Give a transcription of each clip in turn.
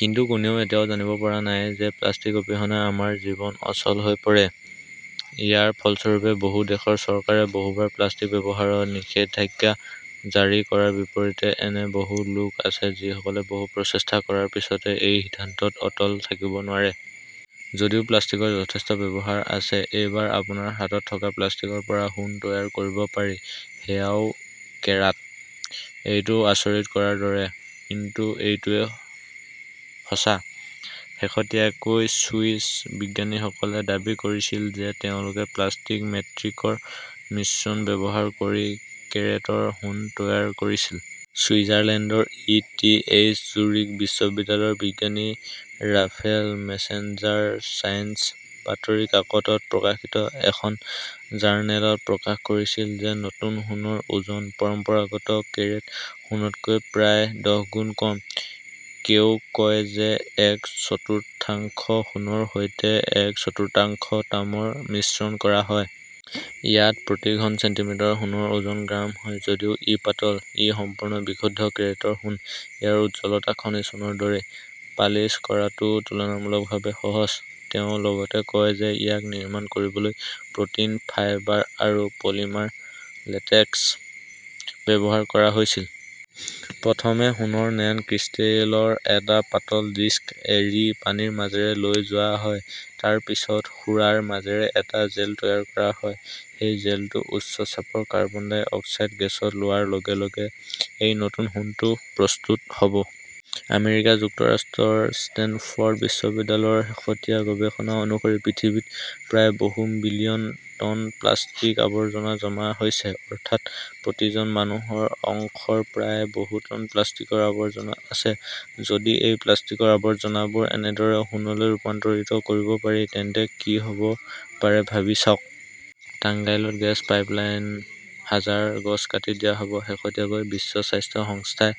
কিন্তু কোনেও এতিয়াও জানিব পৰা নাই যে প্লাষ্টিক অবিহনে আমাৰ জীৱন অচল হৈ পৰে। ইয়াৰ ফলস্বৰূপে, বহু দেশৰ চৰকাৰে বহুবাৰ প্লাষ্টিক ব্যৱহাৰত নিষেধাজ্ঞা জাৰি কৰাৰ বিপৰীতে, এনে বহু লোক আছে যিসকলে বহু প্ৰচেষ্টা কৰাৰ পিছতো এই সিদ্ধান্তত অটল থাকিব নোৱাৰে। যদিও প্লাষ্টিকৰ যথেষ্ট ব্যৱহাৰ আছে, এইবাৰ আপোনাৰ হাতত থকা প্লাষ্টিকৰ পৰা সোণ তৈয়াৰ কৰিব পাৰি, সেয়াও কেৰাট। এইটো আচৰিত কৰাৰ দৰে, কিন্তু এইটোৱেই সঁচা। শেহতীয়াকৈ ছুইছ বিজ্ঞানীসকলে দাবী কৰিছিল যে তেওঁলোকে প্লাষ্টিক মেট্ৰিক্সৰ মিশ্ৰণ ব্যৱহাৰ কৰি কেৰেটৰ সোণ তৈয়াৰ কৰিছিল। ছুইজাৰলেণ্ডৰ ই টি এইচ জুৰিক বিশ্ববিদ্যালয়ৰ বিজ্ঞানী ৰাফেল মেজেঙ্গাই ছায়েন্স বাতৰি কাকতত প্ৰকাশিত এখন জাৰ্নেলত প্ৰকাশ কৰিছিল যে নতুন সোণৰ ওজন পৰম্পৰাগত কেৰেট সোণতকৈ প্ৰায় দহগুণ কম। তেওঁ কয় যে এক চতুৰ্থাংশ সোণৰ সৈতে এক চতুৰ্থাংশ তামৰ মিশ্ৰণ কৰা হয়। ইয়াত প্ৰতি ঘন চেণ্টিমিটাৰত সোণৰ ওজন গ্ৰাম হয়। যদিও ই পাতল, ই সম্পূৰ্ণ বিশুদ্ধ কেৰেটৰ সোণ। ইয়াৰ উজ্জ্বলতা খনিজ সোণৰ দৰেই। পালিছ কৰাটোও তুলনামূলকভাৱে সহজ। তেওঁ লগতে কয় যে ইয়াক নিৰ্মাণ কৰিবলৈ প্ৰ'টিন ফাইবাৰ আৰু পলিমাৰ লেটেক্স ব্যৱহাৰ কৰা হৈছিল। প্ৰথমে সোণৰ নেন ক্ৰিষ্টেলৰ এটা পাতল ডিস্ক এৰি পানীৰ মাজেৰে লৈ যোৱা হয়, তাৰ পিছত সুৰাৰ মাজেৰে এটা জেল তৈয়াৰ কৰা হয়। সেই জেলটো উচ্চ চাপৰ কাৰ্বন ডাই অক্সাইড গেছত লোৱাৰ লগে লগে এই নতুন সোণটো প্ৰস্তুত হ'ব। আমেৰিকা যুক্তৰাষ্ট্ৰৰ ষ্টেনফৰ্ড বিশ্ববিদ্যালয়ৰ শেহতীয়া গৱেষণা অনুসৰি, পৃথিৱীত প্ৰায় বহু বিলিয়ন টন প্লাষ্টিকৰ আৱৰ্জনা জমা হৈছে। অৰ্থাৎ, প্ৰতিজন মানুহৰ অংশৰ প্ৰায় বহু টন প্লাষ্টিকৰ আৱৰ্জনা আছে। যদি এই প্লাষ্টিকৰ আৱৰ্জনাবোৰ এনেদৰে সোণলৈ ৰূপান্তৰিত কৰিব পাৰি, তেন্তে কি হ'ব পাৰে ভাবি চাওক। টাংগাইলত গেছ পাইপলাইন, হাজাৰ গছ কাটি দিয়া হ'ব। শেহতীয়াকৈ বিশ্ব স্বাস্থ্য সংস্থাই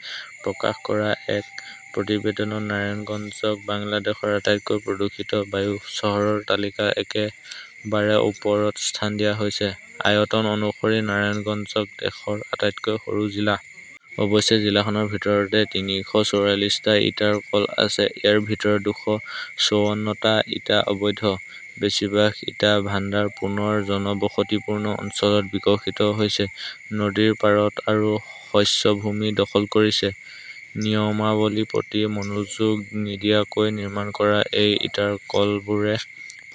প্ৰকাশ কৰা এক প্ৰতিবেদনত নাৰায়ণগঞ্জক বাংলাদেশৰ আটাইতকৈ প্ৰদূষিত বায়ু চহৰৰ তালিকাৰ একেবাৰে ওপৰত স্থান দিয়া হৈছে। আয়তন অনুসৰি নাৰায়ণগঞ্জ দেশৰ আটাইতকৈ সৰু জিলা। অৱশ্যে, জিলাখনৰ ভিতৰতে তিনিশ চৌৰাল্লিশটা ইটাৰ কল আছে। ইয়াৰ ভিতৰত দুশ চৌৱান্নটা ইটা অবৈধ। বেছিভাগ ইটা ভাণ্ডাৰ পুনৰ জনবসতিপূৰ্ণ অঞ্চলত বিকশিত হৈছে, নদীৰ পাৰত আৰু শস্য ভূমি দখল কৰিছে। নিয়মাৱলীৰ প্ৰতি মনোযোগ নিদিয়াকৈ নিৰ্মাণ কৰা এই ইটাৰ কলবোৰে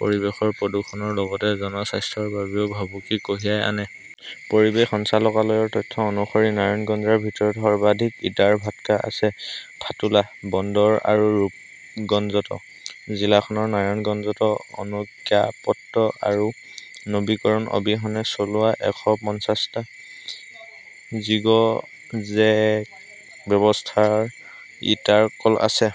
পৰিৱেশৰ প্ৰদূষণৰ লগতে জনস্বাস্থ্যৰ বাবেও ভাবুকি কঢ়িয়াই আনে। পৰিৱেশ সঞ্চালকালয়ৰ তথ্য অনুসৰি, নাৰায়ণগঞ্জৰ ভিতৰত সৰ্বাধিক ইটাৰ ভাটকা আছে ফাতুলা, বন্দৰ আৰু ৰূপগঞ্জত। জিলাখনৰ নাৰায়ণগঞ্জত অনুজ্ঞাপত্ৰ আৰু নৱীকৰণ অবিহনে চলোৱা এশ পঞ্চাশটা জিগজেগ ব্যৱস্থাৰ ইটাৰ কল আছে।